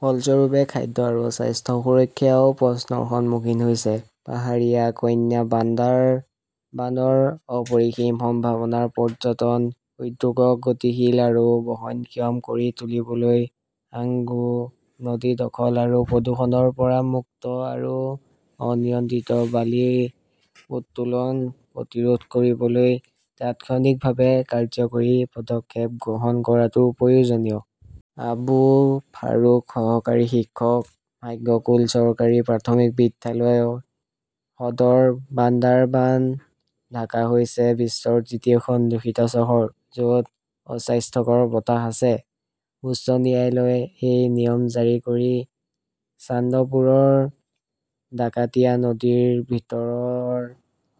ফলস্বৰূপে, খাদ্য আৰু স্বাস্থ্য সুৰক্ষাও প্ৰশ্নৰ সন্মুখীন হৈছে। পাহাৰীয়া কন্যা বান্দাৰবানৰ অপৰিসীম সম্ভাৱনাৰ পৰ্যটন উদ্যোগক গতিশীল আৰু বহনক্ষম কৰি তুলিবলৈ সাঙ্গু নদী দখল আৰু প্ৰদূষণৰ পৰা মুক্ত আৰু অনিয়ন্ত্ৰিত বালি উত্তোলন প্ৰতিৰোধ কৰিবলৈ তাৎক্ষণিকভাৱে কাৰ্যকৰী পদক্ষেপ গ্ৰহণ কৰাটো প্ৰয়োজনীয়। আবু ফাৰুক সহকাৰী শিক্ষক, ভাগ্যকুল চৰকাৰী প্ৰাথমিক বিদ্যালয়, সদৰ, বান্দাৰবান ঢাকা হৈছে বিশ্বৰ তৃতীয়খন দূষিত চহৰ য 'ত অস্বাস্থ্যকৰ বতাহ আছে। উচ্চ ন্যায়ালয়ে এই নিয়ম জাৰি কৰি চান্দপুৰৰ ডাকাতিয়া নদীৰ ভিতৰৰ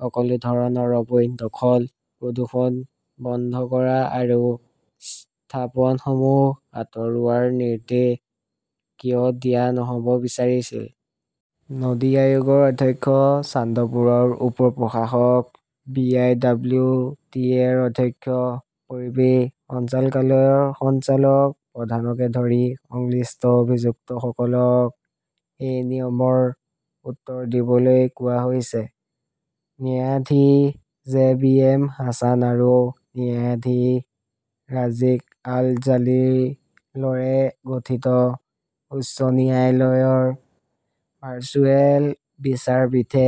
সকলো ধৰণৰ অবৈধ দখল, প্ৰদূষণ বন্ধ কৰা আৰু স্থাপনসমূহ আঁতৰোৱাৰ নিৰ্দেশ কিয় দিয়া নহ'ব বিচাৰিছিল। নদী আয়োগৰ অধ্যক্ষ, চান্দপুৰৰ উপ-প্ৰশাসক, B. I. W. T. A. ৰ অধ্যক্ষ, পৰিৱেশ সঞ্চালকালয়ৰ সঞ্চালক প্ৰধানকে ধৰি সংশ্লিষ্ট অভিযুক্তসকলক এই নিয়মৰ উত্তৰ দিবলৈ কোৱা হৈছে। ন্যায়াধীশ জে বি এম হাছান আৰু ন্যায়াধীশ ৰাজিক আল জালিলৰে গঠিত উচ্চ ন্যায়ালয়ৰ ভাৰ্চুৱেল বিচাৰপীঠে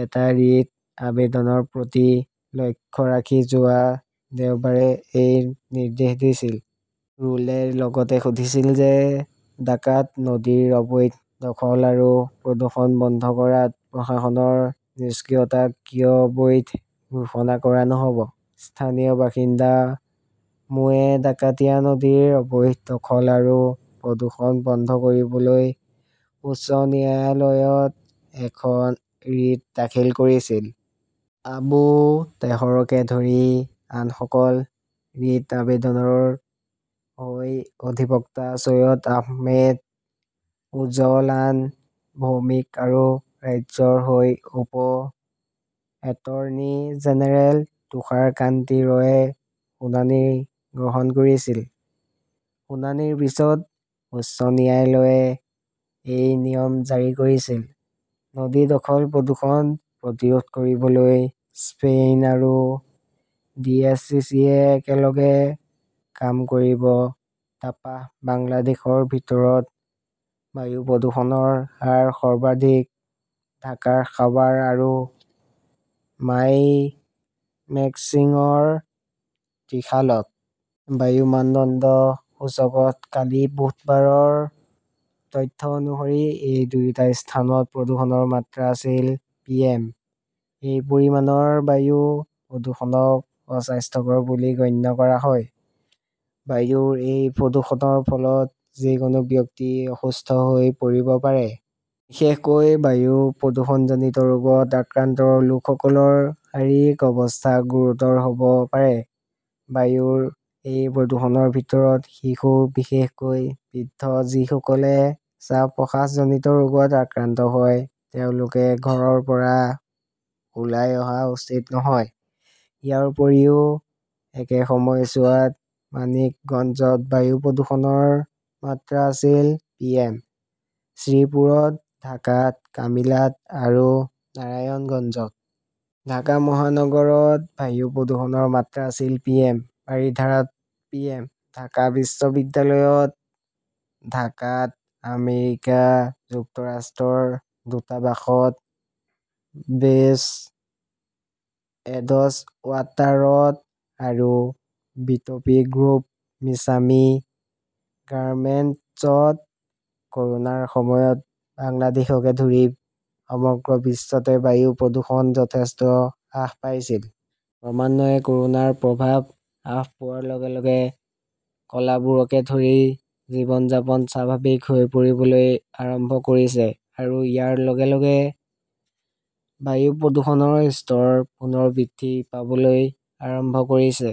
এটা ৰিট আবেদনৰ প্ৰতি লক্ষ্য ৰাখি যোৱা দেওবাৰে এই নিৰ্দেশ দিছিল। ৰুলে লগতে সুধিছিল যে ডাকাত নদীৰ অবৈধ দখল আৰু প্ৰদূষণ বন্ধ কৰাত প্ৰশাসনৰ নিষ্ক্ৰিয়তাক কিয় অবৈধ ঘোষণা কৰা নহ 'ব। স্থানীয় বাসিন্দা মো. এ ডাকাতিয়া নদীৰ অবৈধ দখল আৰু প্ৰদূষণ বন্ধ কৰিবলৈ উচ্চ ন্যায়ালয়ত এখন ৰিট দাখিল কৰিছিল। আবু তেহৰকে ধৰি আনসকল। ৰিট আবেদনৰ হৈ অধিবক্তা চৈয়দ আহমেদ, উজলান ভৌমিক আৰু ৰাজ্যৰ হৈ উপ এটৰ্নী জেনেৰেল তুষাৰ কান্তি ৰয়ে শুনানি গ্ৰহণ কৰিছিল। শুনানিৰ পিছত উচ্চ ন্যায়ালয়ে এই নিয়ম জাৰি কৰিছিল। নদী দখল-প্ৰদূষণ প্ৰতিৰোধ কৰিবলৈ স্পেইন আৰু ডিএছচিচিয়ে একেলগে কাম কৰিব তাপাস বাংলাদেশৰ ভিতৰত বায়ু প্ৰদূষণৰ হাৰ সৰ্বাধিক ঢাকাৰ সাৱাৰ আৰু মাইমেন্সিংৰ ত্ৰিশালত। বায়ু মানদণ্ড সূচকত কালি বুধবাৰৰ তথ্য অনুসৰি, এই দুয়োটা স্থানত প্ৰদূষণৰ মাত্ৰা আছিল পি এম। এই পৰিমাণৰ বায়ু প্ৰদূষণক অস্বাস্থ্যকৰ বুলি গণ্য কৰা হয়। বায়ুৰ এই প্ৰদূষণৰ ফলত যিকোনো ব্যক্তি অসুস্থ হৈ পৰিব পাৰে। বিশেষকৈ বায়ু প্ৰদূষণজনিত ৰোগত আক্ৰান্ত লোকসকলৰ শাৰীৰিক অৱস্থা গুৰুতৰ হ'ব পাৰে। বায়ুৰ এই প্ৰদূষণৰ ভিতৰত শিশু, বিশেষকৈ বৃদ্ধ যিসকলে শ্বাস-প্ৰশ্বাসজনিত ৰোগত আক্ৰান্ত হয় তেওঁলোকে ঘৰৰ পৰা ওলাই অহা উচিত নহয়। ইয়াৰ উপৰিও একে সময়ছোৱাত মানিকগঞ্জত বায়ু প্ৰদূষণৰ মাত্ৰা আছিল পিএম, শ্ৰীপুৰত, ঢাকাত, কামিলাত আৰু নাৰায়ণগঞ্জত। ঢাকা মহানগৰত বায়ু প্ৰদূষণৰ মাত্ৰা আছিল পিএম, বাৰিধাৰাত পিএম, ঢাকা বিশ্ববিদ্যালয়ত, ঢাকাত আমেৰিকা যুক্তৰাষ্ট্ৰৰ দূতাবাসত, বে 'জ এডজৱাটাৰত আৰু বিট' পি গ্ৰুপ মিছামি গাৰ্মেণ্টছত। ক'ৰোনাৰ সময়ত বাংলাদেশকে ধৰি সমগ্ৰ বিশ্বতে বায়ু প্ৰদূষণ যথেষ্ট হ্ৰাস পাইছিল। ক্ৰমান্বয়ে ক'ৰোনাৰ প্ৰভাৱ হ্ৰাস পোৱাৰ লগে লগে কলাবোৰকে ধৰি জীৱন-যাপন স্বাভাৱিক হৈ পৰিবলৈ আৰম্ভ কৰিছে আৰু ইয়াৰ লগে লগে বায়ু প্ৰদূষণৰ স্তৰ পুনৰ বৃদ্ধি পাবলৈ আৰম্ভ কৰিছে।